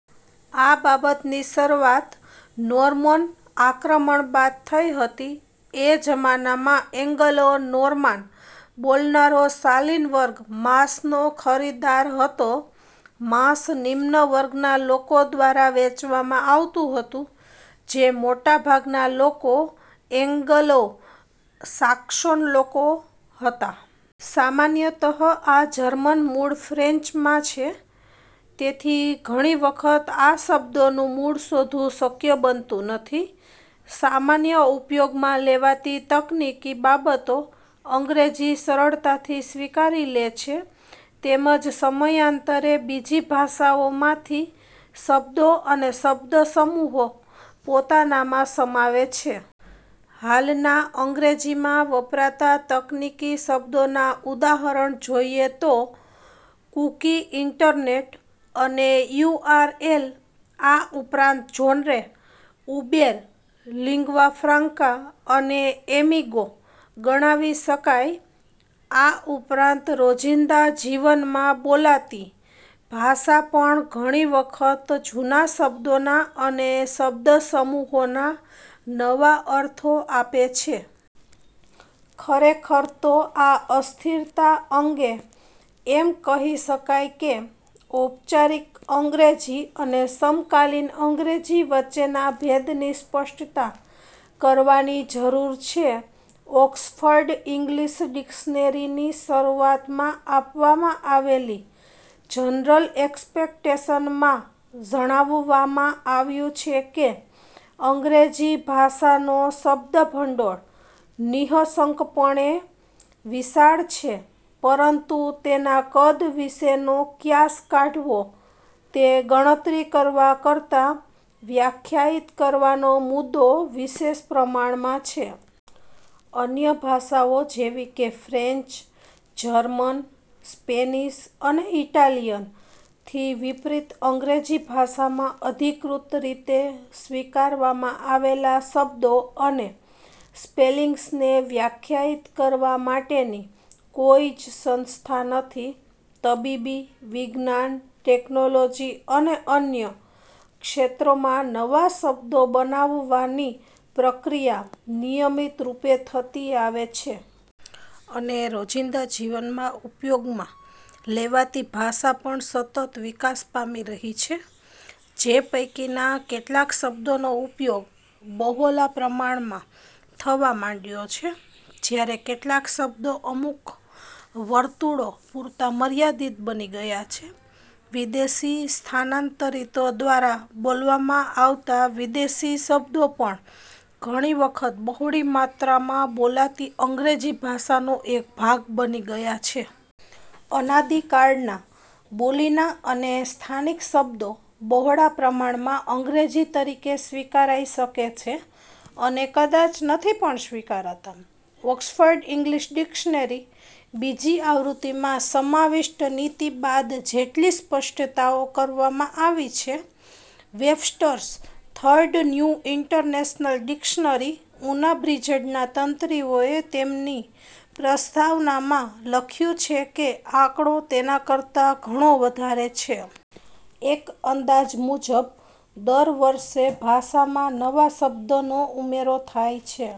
આ બાબતની શરૂઆત નોર્માન આક્રમણ બાદ થઇ હતી. એ જમાનામાં એન્ગ્લો-નોર્માન બોલનારો શાલિન વર્ગ માંસનો ખરીદાર હતો. માંસ નિમ્ન વર્ગના લોકો દ્વારા વેચવામાં આવતું હતું. જે મોટા ભાગના લોકો એન્ગ્લો સાક્સોન લોકો હતા. સામાન્યતઃ આ જર્મન મૂળ ફ્રેન્ચમાં છે તેથી ઘણી વખત આ શબ્દોનું મૂળ શોધવું શક્ય બનતું નથી. સામાન્ય ઉપયોગમાં લેવાતી તકનિકી બાબતો અંગ્રેજી સરળતાથી સ્વીકારી લે છે. તેમજ સમયાંતરે બીજી ભાષાઓમાંથી શબ્દો અને શબ્દ સમૂહો પોતાનામાં સમાવે છે. હાલના અંગ્રેજીમાં વપરાતા તકનિકી શબ્દોનાં ઉદાહરણ જોઇએ તો કૂકી, ઇન્ટરનેટ અને યુઆરએલ આ ઉપરાંત જોન્રે, ઉબેર, લિન્ગ્વા ફ્રાન્કા અને એમિગો ગણાવી શકાય આ ઉપરાંત રોજિંદા જીવનમાં બોલાતી ભાષા પણ ઘણી વખત જૂના શબ્દોના અને શબ્દ સમૂહોના નવા અર્થો આપે છે. ખરેખર તો આ અસ્થિરતા અંગે એમ કહી શકાય કે ઔપચારિક અંગ્રેજી અને સમકાલિન અંગ્રેજી વચ્ચેના ભેદની સ્પષ્ટતા કરવાની જરૂર છે. ઓક્સફર્ડ ઇન્ગલિશ ડિક્શનરી ની શરૂઆતમાં આપવામાં આવેલી જનરલ એક્સપેક્ટેશન્સ માં ઝણાવવામાં આવ્યું છે કે: અંગ્રેજી ભાષાનો શબ્દભંડોળ નિઃશંકપણે વિશાળ છે પરંતુ તેના કદ વિશેનો ક્યાસ કાઢવો તે ગણતરી કરવા કરતાં વ્યાખ્યાયિત કરવાનો મુદ્દો વિશેષ પ્રમાણમાં છે. અન્ય ભાષાઓ જેવી કે ફ્રેન્ચ, જર્મન, સ્પેનિશ, અને ઇટાલિયન થી વિપરીત અંગ્રેજી ભાષામાં અધિકૃત રીતે સ્વીકારવામાં આવેલા શબ્દો અને સ્પેલિંગ્સને વ્યાખ્યાયિત કરવા માટેની કોઇ જ સંસ્થા નથી. તબીબી, વિજ્ઞાન, ટેકનોલોજી અને અન્ય ક્ષેત્રોમાં નવા શબ્દો બનાવવાની પ્રક્રિયા નિયમિતરૂપે થતી આવે છે. અને રોજિંદા જીવનમાં ઉપયોગમાં લેવાતી ભાષા પણ સતત વિકાસ પામી રહી છે. જે પૈકીના કેટલાક શબ્દોનો ઉપયોગ બહોલા પ્રમાણમાં થવા માંડ્યો છે; જ્યારે કેટલાક શબ્દો અમુક વર્તુળો પૂરતા મર્યાદિત બની ગયા છે. વિદેશી સ્થાનાંતરિતો દ્વારા બોલવામાં આવતા વિદેશી શબ્દો પણ ઘણી વખત બહોળી માત્રામાં બોલાતી અંગ્રેજી ભાષાનો એક ભાગ બની ગયા છે. અનાદિકાળના, બોલીના અને સ્થાનિક શબ્દો બહોળા પ્રમાણમાં "અંગ્રેજી" તરીકે સ્વીકારાઇ શકે છે અને કદાચ નથી પણ સ્વીકારાતા. ઓક્સફર્ડ ઇન્ગલિશ ડિક્શનરી, બીજી આવૃત્તિ માં સમાવિષ્ટ નીતિ બાદ જેટલી સ્પષ્ટતાઓ કરવામાં આવી છે. Webster's Third New International Dictionary, Unabridged ના તંત્રીઓએ તેમની પ્રસ્તાવનામાં લખ્યું છે કે આંકડો તેના કરતાં ઘણો વધારે છે. એક અંદાજ મુજબ દર વર્ષે ભાષામાં નવા શબ્દોનો ઉમેરો થાય છે.